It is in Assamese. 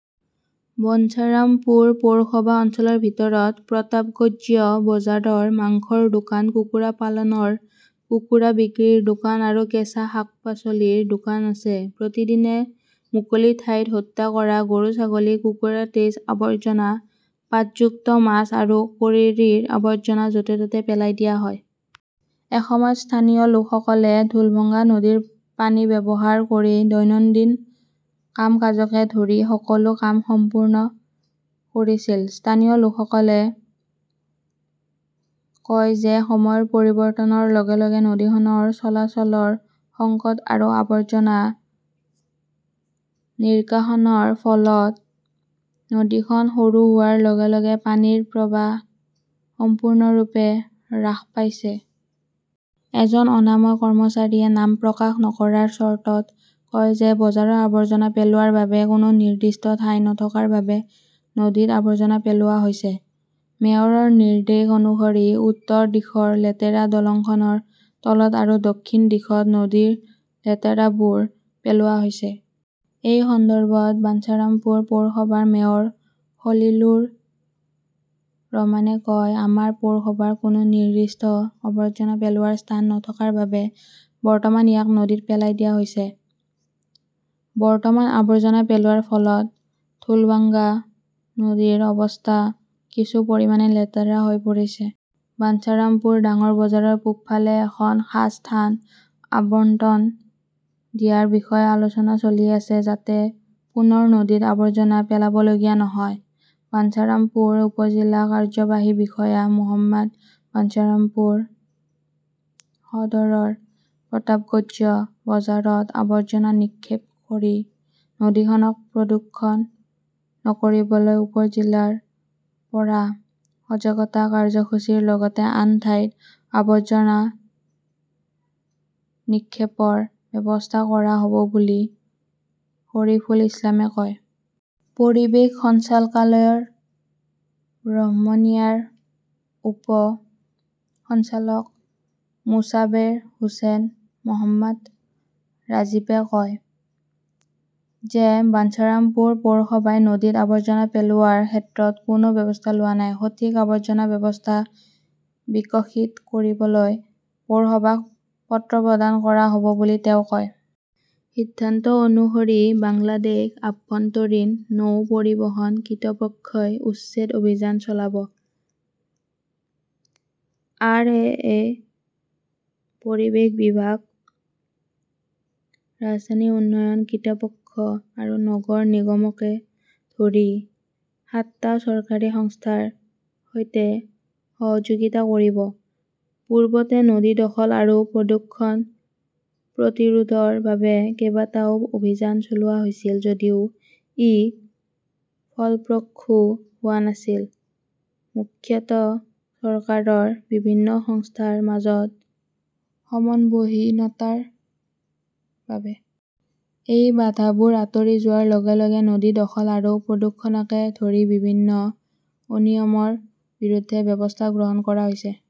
বনচাৰামপুৰ পৌৰসভা অঞ্চলৰ ভিতৰত প্ৰতাপগঞ্জ বজাৰৰ মাংসৰ দোকান, কুকুৰা পালনৰ কুকুৰা বিক্ৰীৰ দোকান আৰু কেঁচা শাক-পাচলিৰ দোকান আছে। প্ৰতিদিনে মুকলি ঠাইত হত্যা কৰা গৰু-ছাগলী, কুকুৰাৰ তেজ, আৱৰ্জনা, পাতযুক্ত মাছ আৰু কৰিৰিৰ আৱৰ্জনা য'তে -ত'তে পেলাই দিয়া হয়। এসময়ত স্থানীয় লোকসকলে ঢোলভঙ্গা নদীৰ পানী ব্যৱহাৰ কৰি দৈনন্দিন কাম-কাজকে ধৰি সকলো কাম সম্পূৰ্ণ কৰিছিল। স্থানীয় লোকসকলে কয় যে সময়ৰ পৰিৱৰ্তনৰ লগে লগে নদীখনৰ চলাচলৰ সংকট আৰু আৱৰ্জনা নিষ্কাশনৰ ফলত নদীখন সৰু হোৱাৰ লগে লগে পানীৰ প্ৰৱাহ সম্পূৰ্ণৰূপে হ্ৰাস পাইছে। এজন অনাময় কৰ্মচাৰীয়ে নাম প্ৰকাশ নকৰাৰ চৰ্তত কয় যে বজাৰত আৱৰ্জনা পেলোৱাৰ বাবে কোনো নিৰ্দিষ্ট ঠাই নথকাৰ বাবে নদীত আৱৰ্জনা পেলোৱা হৈছে। মেয়ৰৰ নিৰ্দেশ অনুসৰি উত্তৰ দিশৰ লেতেৰা দলংখনৰ তলত আৰু দক্ষিণ দিশত নদীৰ লেতেৰাবোৰ পেলোৱা হৈছে। এই সন্দৰ্ভত বাঞ্চাৰমপুৰ পৌৰসভাৰ মেয়ৰ খলিলুৰ ৰহমানে কয়, আমাৰ পৌৰসভাৰ কোনো নিৰ্দিষ্ট আৱৰ্জনা পেলোৱাৰ স্থান নথকাৰ বাবে বৰ্তমান ইয়াক নদীত পেলাই দিয়া হৈছে। বৰ্তমান, আৱৰ্জনা পেলোৱাৰ ফলত ঢোলৱাংগা নদীৰ অৱস্থা কিছু পৰিমাণে লেতেৰা হৈ পৰিছে। বাঞ্চাৰমপুৰ ডাঙৰ বজাৰৰ পূবফালে এখন খাছ স্থান আবণ্টন দিয়াৰ বিষয়ে আলোচনা চলি আছে যাতে পুনৰ নদীত আৱৰ্জনা পেলাবলগীয়া নহয়। বানচাৰামপুৰ উপ-জিলা কাৰ্যবাহী বিষয়া মো. বাঞ্চাৰামপুৰ সদৰৰ প্ৰতাবগঞ্জ বজাৰত আৱৰ্জনা নিক্ষেপ কৰি নদীখনক প্ৰদূষণ নকৰিবলৈ উপ-জিলাৰ পৰা সজাগতা কাৰ্যসূচীৰ লগতে আন ঠাইত আৱৰ্জনা নিক্ষেপৰ ব্যৱস্থা কৰা হ "ব বুলি শৰীফুল ইছলামে কয়। পৰিৱেশ সঞ্চালকালয়ৰ ব্ৰহ্মনৰিয়াৰ উপ সঞ্চালক মোছাবেৰ হোসেন মহম্মদ ৰাজীবে কয় যে বাঞ্চাৰামপুৰ পৌৰসভাই নদীত আৱৰ্জনা পেলোৱাৰ ক্ষেত্ৰত কোনো ব্যৱস্থা লোৱা নাই। সঠিক আৱৰ্জনা ব্যৱস্থা বিকশিত কৰিবলৈ পৌৰসভাক পত্ৰ প্ৰদান কৰা হ'ব বুলি তেওঁ কয়। সিদ্ধান্ত অনুসৰি বাংলাদেশ আভ্যন্তৰীণ নৌ পৰিবহণ কৰ্তৃপক্ষই উচ্ছেদ অভিযান চলাব। আৰ. এ. -য়ে পৰিৱেশ বিভাগ, ৰাজধানী উন্নয়ন কৰ্তৃপক্ষ আৰু নগৰ নিগমকে ধৰি সাতটা চৰকাৰী সংস্থাৰ সৈতে সহযোগিতা কৰিব। পূৰ্বতে নদী দখল আৰু প্ৰদূষণ প্ৰতিৰোধৰ বাবে কেইবাটাও অভিযান চলোৱা হৈছিল যদিও ই ফলপ্ৰসূ হোৱা নাছিল, মুখ্যতঃ চৰকাৰৰ বিভিন্ন সংস্থাৰ মাজত সমন্বয়হীনতাৰ বাবে। এই বাধাবোৰ আঁতৰি যোৱাৰ লগে লগে নদী দখল আৰু প্ৰদূষণকে ধৰি বিভিন্ন অনিয়মৰ বিৰুদ্ধে ব্যৱস্থা গ্ৰহণ কৰা হৈছে।